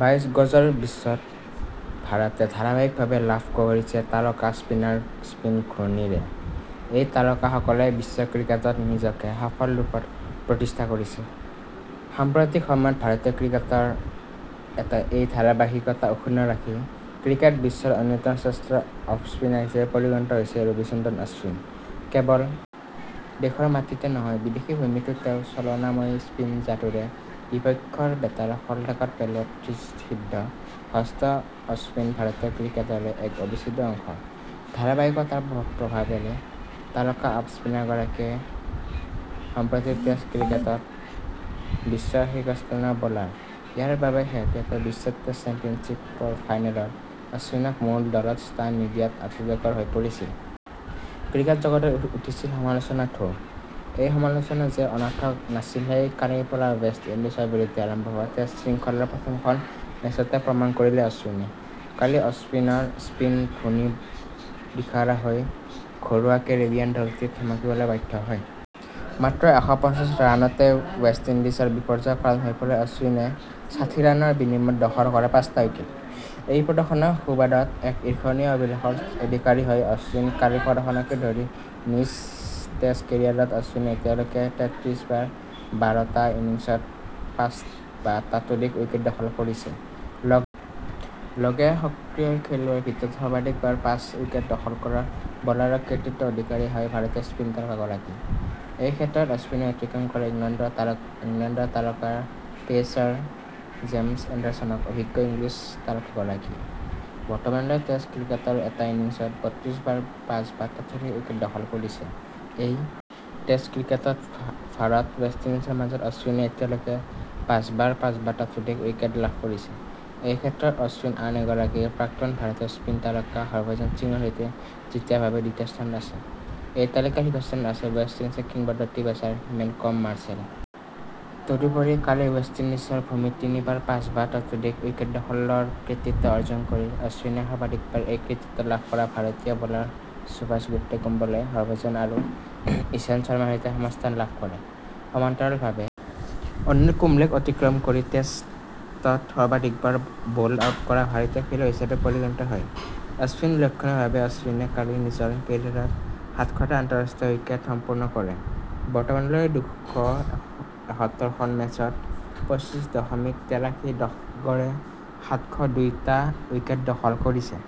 বাইছ গজৰ বিশ্বত ভাৰতে ধাৰাবাহিকভাৱে লাভ কৰিছে তাৰকা স্পিনাৰ স্পীন ঘূৰ্ণীৰে এই তাৰকাসকলে বিশ্ব ক্ৰিকেটত নিজকে সফল ৰূপত প্ৰতিষ্ঠা কৰিছে। সাম্প্ৰতিক সময়ত ভাৰতীয় ক্ৰিকেটৰ এই ধাৰাবাহিকতা অক্ষুণ্ণ ৰাখি ক্ৰিকেট বিশ্বৰ অন্যতম শ্ৰেষ্ঠ অফ স্পিনাৰ হিচাপে পৰিগণিত হৈছে ৰবিচন্দ্ৰন অশ্বিন। কেৱল দেশৰ মাটিতে নহয় বিদেশী ভূমিতো নিজৰ চলনাময়ী স্পীন যাদুৰে বিপক্ষৰ বেটাৰক শলঠেকত পেলোৱাত সিদ্ধ হস্ত অশ্বিন ভাৰতীয় ক্ৰিকেটৰে এক অবিচ্ছেদ্য অংশ ।ধাৰাবাহিকতাৰ প্ৰভাৱেৰে তাৰকা অফ স্পিনাৰগৰাকী সম্প্ৰতি টেষ্ট ক্ৰিকেটত বিশ্বৰ শীৰ্ষস্থানৰ বলাৰইয়াৰ বাবেই শেহতীয়াকৈ বিশ্ব টেষ্ট চেম্পিয়নশ্বিপৰ ফাইনেলত অশ্বিনক মূল দলত স্থান নিদিয়াত আশ্চৰ্যকৰ হৈ পৰিছিল। ক্ৰিকেট জগতত উঠিছিল সমালোচনাৰ ঢৌ। এই সমালোচনা যে অনৰ্থক নাছিল সেয়া কালিৰ পৰা ৱেষ্ট ইণ্ডিজৰ বিৰুদ্ধে আৰম্ভ হোৱা টেষ্ট শৃংখলাৰ প্ৰথমখন মেচতে প্ৰমাণ কৰিলে অশ্বিনে। কালি অশ্বিনৰ স্পীন ঘূৰ্ণীত দিশহাৰা হৈ ঘৰুৱা কেৰিবিয়ান দলটি থমকিবলৈ বাধ্য হয়। মাত্ৰ এশ পঞ্চাছ ৰানতেৱেষ্ট ইণ্ডিজৰ বিপৰ্যয়ৰ কাৰণ হৈ পৰা অশ্বিনে ষাঠি ৰানৰ বিনিময়ত দখল কৰে পাঁচটা উইকেট। এই প্ৰদৰ্শনৰ সুবাদত এক ঈৰ্ষণীয় অভিলেখৰ অধিকাৰী হয় অশ্বিন কালিৰ প্ৰদৰ্শনকে ধৰি নিজ টেষ্ট কেৰিয়াৰত অশ্বিনে এতিয়ালৈকে তেতত্ৰিছ বাৰ এটা ইনিংছত পাঁচ বা তাতোধিক উইকেট দখল কৰিছে। লগে লগে সক্ৰিয় খেলুৱৈৰ ভিতৰত সৰ্বাধিক বাৰ পাঁচ উইকেট দখল কৰা বলাৰৰ কৃতিত্বৰ অধিকাৰী হয় ভাৰতীয় স্পীন তাৰকাগৰাকী। এই ক্ষেত্ৰত অশ্বিনে অতিক্ৰম কৰে ইংলেণ্ডৰ তাৰকা পেচাৰ জেমচ এণ্ডাৰছনক অভিজ্ঞ ইংলিছ তাৰকাগৰাকীয়ে। বৰ্তমানলৈকে টেষ্ট ক্ৰিকেটৰ এটা ইনিংছত বত্ৰিশ বাৰ পাঁচ বা তাতোধিক উইকেট দখল কৰিছে। এই টেষ্ট ক্ৰিকেটত ভাৰতৱেষ্ট ইণ্ডিজৰ মাজত অশ্বিনে এতিয়ালৈকে পাঁচবাৰ পাঁচ বা তাতোধিক উইকেট লাভ কৰিছে। এই ক্ষেত্ৰত অশ্বিন আন এগৰাকী প্ৰাক্তন ভাৰতীয় স্পীন তাৰকা হৰভজন সিঙৰ সৈতে যুটীয়াভাৱে দ্বিতীয় স্থানত থাকে। এই তালিকাৰ শীৰ্ষস্থানত আছে ৱেষ্ট ইণ্ডিজৰ কিংবদন্তী পেচাৰ মেলকম মাৰ্শ্বেল । তদুপৰি কালি ৱেষ্ট ইণ্ডিজৰ ভূমিত তিনিবাৰ পাঁচ বা তাতোধিক উইকেট দখলৰ কৃতিত্ব অৰ্জন কৰি অশ্বিনে সৰ্বাধিকবাৰ এই কৃতিত্ব লাভ কৰা ভাৰতীয় বলাৰ সুভাষ গুপ্তে কুম্বলে হৰভজন আৰু ঈশান্ত শৰ্মাৰ সৈতে সমস্থান লাভ কৰে। সমান্তৰালভাৱে অনিল কুম্বলেক অতিক্ৰম কৰি টেষ্টত সৰ্বাধিকবাৰ বল্ড আউট কৰা ভাৰতীয় খেলুৱৈ হিচাপে পৰিগণিত হয় ।অশ্বিন লক্ষণীয়ভাৱে অশ্বিনে কালি নিজৰ কেৰিয়াৰত সাতশটা আন্তঃৰাষ্ট্ৰীয় উইকেট সম্পূৰ্ণ কৰে। বৰ্তমানলৈকে দুশ এসত্তৰ খন মেচত পঁচিছ দশমিক তেৰাশী গড়ে সাতশ দুই টা উইকেট দখল কৰিছে।